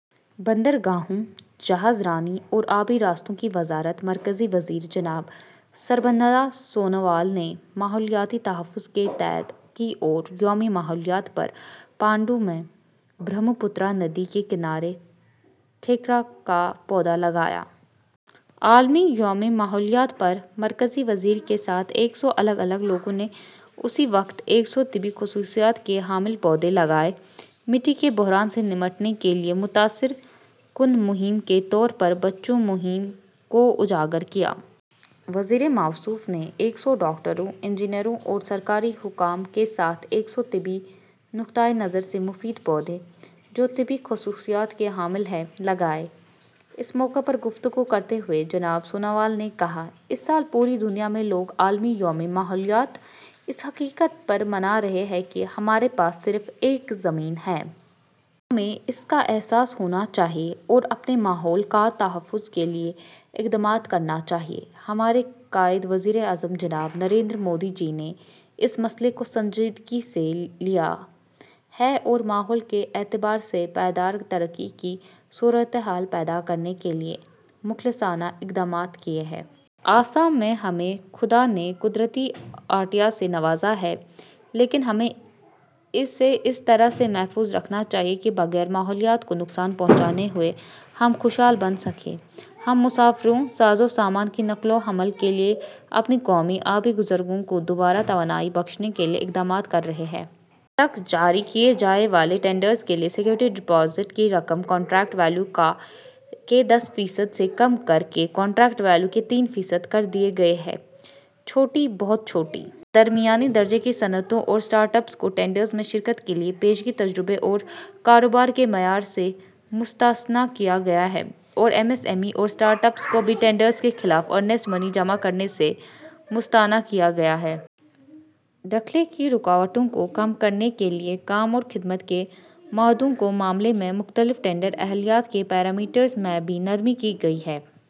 بندرگاہوں، جہاز رانی اور آبی راستوں کی وزارت مرکزی وزیر جناب سربانند سونووال نے ماحولیاتی تحفظ کی تائید کی اور یوم ماحولیات پر پانڈو میں برہمپترا ندی کے کنارے ٹھیکرا کا پودا لگایا۔ عالمی یوم ماحولیات پر مرکزی وزیر کے ساتھ ایک سو الگ الگ لوگوں نے اسی وقت ایک سو طبی خصوصیات کے حامل پودے لگائے۔ مٹی کے بحران سے نمٹنے کے لیے متاثر کن مہم کے طور پر بچاؤ مہم کو اجاگر کیا۔ وزیر موصوف نے ایک سو ڈاکٹروں، انجینئروں اور سرکاری حکام کے ساتھ ایک سو طبی نقطۂ نظر سے مفید پودے، جو طبی خصوصیات کے حامل ہیں، لگائے۔ اس موقع پر گفتگو کرتے ہوئے جناب سونووال نے کہا: "اس سال پوری دنیا میں لوگ عالمی یوم ماحولیات اس حقیقت پر منا رہے ہیں کہ ہمارے پاس صرف ایک زمین ہے۔ ہمیں اس کا احساس ہونا چاہیے اور اپنے ماحول کے تحفظ کے لیے اقدامات کرنے چاہئیں۔ ہمارے قائد وزیر اعظم جناب نریندر مودی جی نے اس مسئلے کو سنجیدگی سے لیا ہے اور ماحول کے اعتبار سے پائیدار ترقی کی صورتحال پیدا کرنے کے لیے مخلصانہ اقدامات کیے ہیں۔ آسام میں ہمیں خدا نے قدرتی عطیہ سے نوازا ہے۔ لیکن ہمیں اسے اس طرح سے محفوظ رکھنا چاہیے کہ بغیر ماحولیات کو نقصان پہنچائے ہوئے ہم خوشحال بن سکیں۔ ہم مسافروں، سازوسامان کی نقل و حمل کے لیے اپنی قومی آبی گزرگاہوں کو دوبارہ توانائی بخشنے کے لیے اقدامات کر رہے ہیں۔ تک جاری کیے جانے والے ٹینڈرز کے لیے سیکیورٹی ڈپازٹ کی رقم کنٹریکٹ ویلیو کے دس فیصد سے کم کر کے کنٹریکٹ ویلیو کے تین فیصد کر دی گئی ہے۔ چھوٹی، بہت چھوٹی اور درمیانی درجے کی صنعتوں اور اسٹارٹ اپس کو ٹینڈرز میں شرکت کے لیے پیشگی تجربے اور کاروبار کے معیار سے مستثنیٰ کیا گیا ہے، اور ایم ایس ایم ای اور اسٹارٹ اپس کو بھی ٹینڈرز کے خلاف ارنسٹ منی جمع کرانے سے مستثنیٰ کیا گیا ہے۔ داخلے کی رکاوٹوں کو کم کرنے کے لیے کام اور خدمات کے معاہدوں کے معاملے میں مختلف ٹینڈر اہلیت کے پیرامیٹرز میں بھی نرمی کی گئی ہے۔